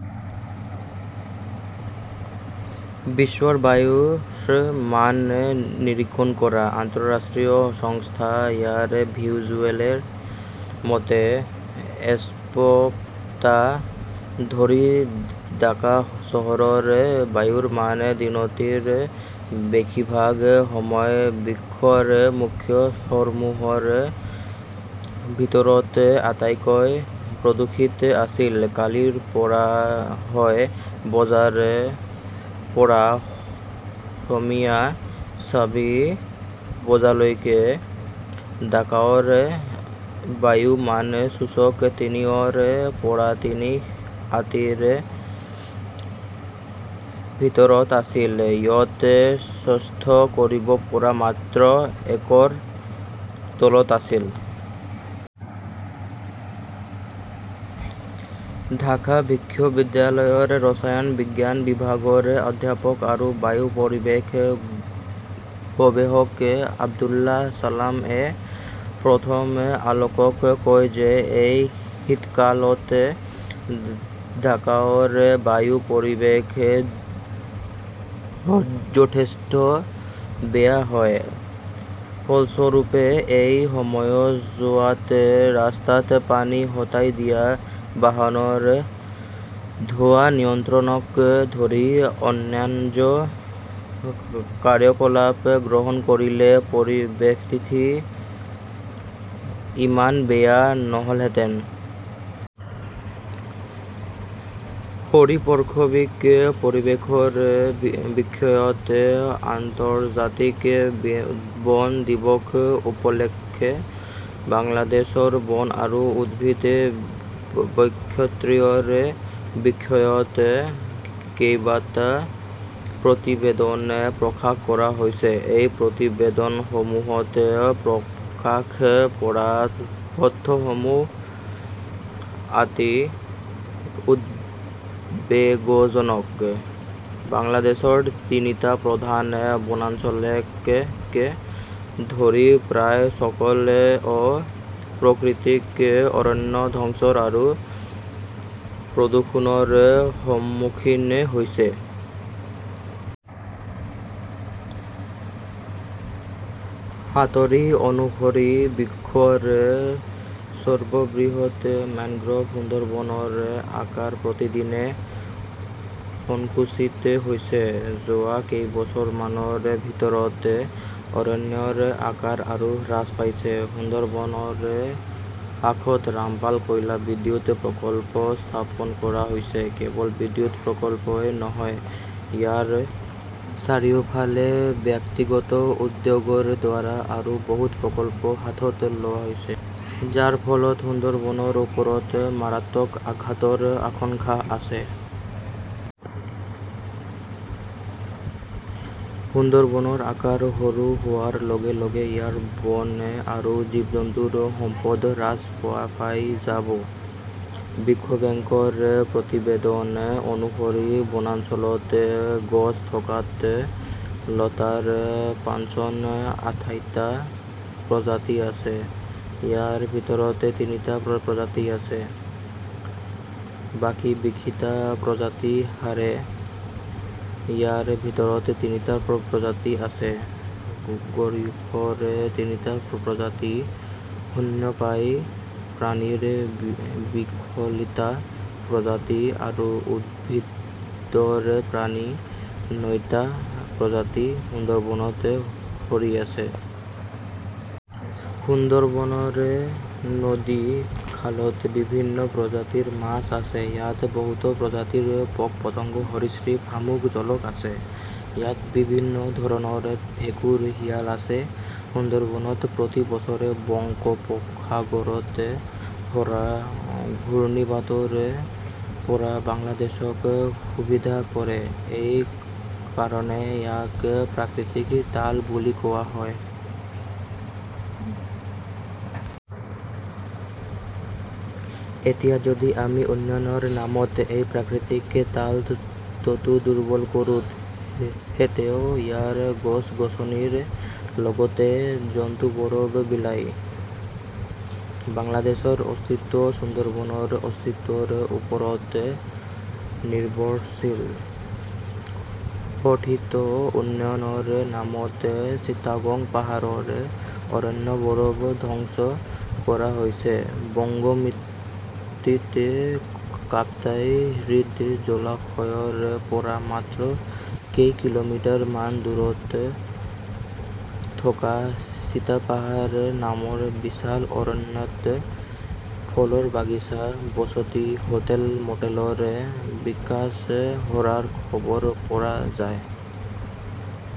বিশ্বৰ বায়ুৰ মান নিৰীক্ষণ কৰা আন্তঃৰাষ্ট্ৰীয় সংস্থা এয়াৰ ভিজুৱেলৰ মতে, এসপ্তাহ ধৰি ঢাকা চহৰৰ বায়ুৰ মান দিনটোৰ বেছিভাগ সময় বিশ্বৰ মুখ্য চহৰসমূহৰ ভিতৰত আটাইতকৈ প্ৰদূষিত আছিল। কালি পুৱা ছয় বজাৰ পৰা সন্ধিয়া চাৰি বজালৈকে ঢাকাৰ বায়ু মান সূচক তিনিশৰ পৰা তিনিশ আশীৰ ভিতৰত আছিল, য'ত সহ্য কৰিব পৰা মাত্ৰা একৰ তলত আছিল। ঢাকা বিশ্ববিদ্যালয়ৰ ৰসায়ন বিজ্ঞান বিভাগৰ অধ্যাপক আৰু বায়ু পৰিৱেশ গৱেষক আব্দুছ চালামে প্ৰথম আলোকক কয় যে, এই শীতকালত ঢাকাৰ বায়ু পৰিৱেশ যথেষ্ট বেয়া হয়। ফলস্বৰূপে, এই সময়ছোৱাত ৰাস্তাত পানী ছটিয়াই দিয়া, বাহনৰ ধোঁৱা নিয়ন্ত্ৰণকে ধৰি অন্যান্য কাৰ্যকলাপ গ্ৰহণ কৰিলে পৰিস্থিতি ইমান বেয়া নহ'লহেঁতেন। পাৰিপাৰ্শ্বিক পৰিৱেশৰ বিষয়ত আন্তঃৰাষ্ট্ৰীয় বন দিৱস উপলক্ষে বাংলাদেশৰ বন আৰু জৈৱ বৈচিত্ৰ্যৰ বিষয়ত কেইবাটাও প্ৰতিবেদন প্ৰকাশ কৰা হৈছে। এই প্ৰতিবেদনসমূহত প্ৰকাশ পোৱা তথ্যসমূহ অতি উদ্বেগজনক। বাংলাদেশৰ তিনিটা প্ৰধান বনাঞ্চলকে ধৰি প্ৰায় সকলো প্ৰাকৃতিক অৰণ্য দখল আৰু প্ৰদূষণৰ সন্মুখীন হৈছে। বাতৰি অনুসৰি, বিশ্বৰ সৰ্ববৃহৎ মেংগ্ৰোভ সুন্দৰবনৰ আকাৰ প্ৰতিদিনে সৰু হৈ পৰিছে। যোৱা কেইবছৰমানৰ ভিতৰত অৰণ্যৰ আকাৰ আৰু হ্ৰাস পাইছে। সুন্দৰবনৰ কাষত ৰামপাল কয়লা বিদ্যুৎ প্ৰকল্প স্থাপন কৰা হৈছে। কেৱল বিদ্যুৎ প্ৰকল্পই নহয়, ইয়াৰ চাৰিওফালে ব্যক্তিগত উদ্যোগৰ দ্বাৰা আৰু বহুতো প্ৰকল্প হাতত লোৱা হৈছে, যাৰ ফলত সুন্দৰবনৰ ওপৰত মাৰাত্মক আঘাতৰ আশংকা আছে। সুন্দৰবনৰ আকাৰ সৰু হোৱাৰ অৰ্থ হৈছে ইয়াৰ বন আৰু জীৱ-জন্তুৰ সম্পদ হ্ৰাস পোৱা। বিশ্ব বেংকৰ প্ৰতিবেদন অনুসৰি, বনাঞ্চলত গছ আৰু লতাৰ পাঁচশ আঠাইশটা প্ৰজাতি আছে, যাৰ ভিতৰত তিনিশটা প্ৰজাতিৰ চৰাই আছে। সৰীসৃপৰ আঠাউন্নটা প্ৰজাতি, স্তন্যপায়ী প্ৰাণীৰ বিৰালিশটা প্ৰজাতি আৰু উভচৰ প্ৰাণীৰ নটা প্ৰজাতি সুন্দৰবনত চৰি আছে। সুন্দৰবনৰ নদী-খালত বিভিন্ন প্ৰজাতিৰ মাছ আছে। ইয়াত বহুতো প্ৰজাতিৰ পোক-পতংগ, সৰীসৃপ, শামুক-জলাহ আছে। ইয়াত বিভিন্ন ধৰণৰ ভেঁকুৰ, শিয়াল আছে। সুন্দৰবনে প্ৰতি বছৰে বংগোপসাগৰত হোৱা ঘূৰ্ণীবতাহৰ পৰা বাংলাদেশক সুৰক্ষিত কৰে। এই কাৰণেই ইয়াক প্ৰাকৃতিক ঢাল বুলি কোৱা হয়। এতিয়া যদি আমি উন্নয়নৰ নামত এই প্ৰাকৃতিক ঢালটো দুৰ্বল কৰোঁ, তেন্তে ইয়াৰ গছ-গছনিৰ লগতে জন্তুবোৰো মৰিব। বাংলাদেশৰ অস্তিত্ব সুন্দৰবনৰ অস্তিত্বৰ ওপৰত নিৰ্ভৰশীল। কথিত উন্নয়নৰ নামত চিটাগং পাহাৰৰ অৰণ্যবোৰো ধ্বংস কৰা হৈছে। ৰংগমাতিত কাপ্তাই হ্ৰদৰ জলাশয়ৰ পৰা মাত্ৰ কেই কিলোমিটাৰ মান দূৰত্বত থকা সীতা পাহাৰ নামৰ বিশাল অৰণ্যত ফলৰ বাগিচা, বসতি, হোটেল-মটেলৰ বিকাশ হোৱাৰ খবৰ পোৱা যায়।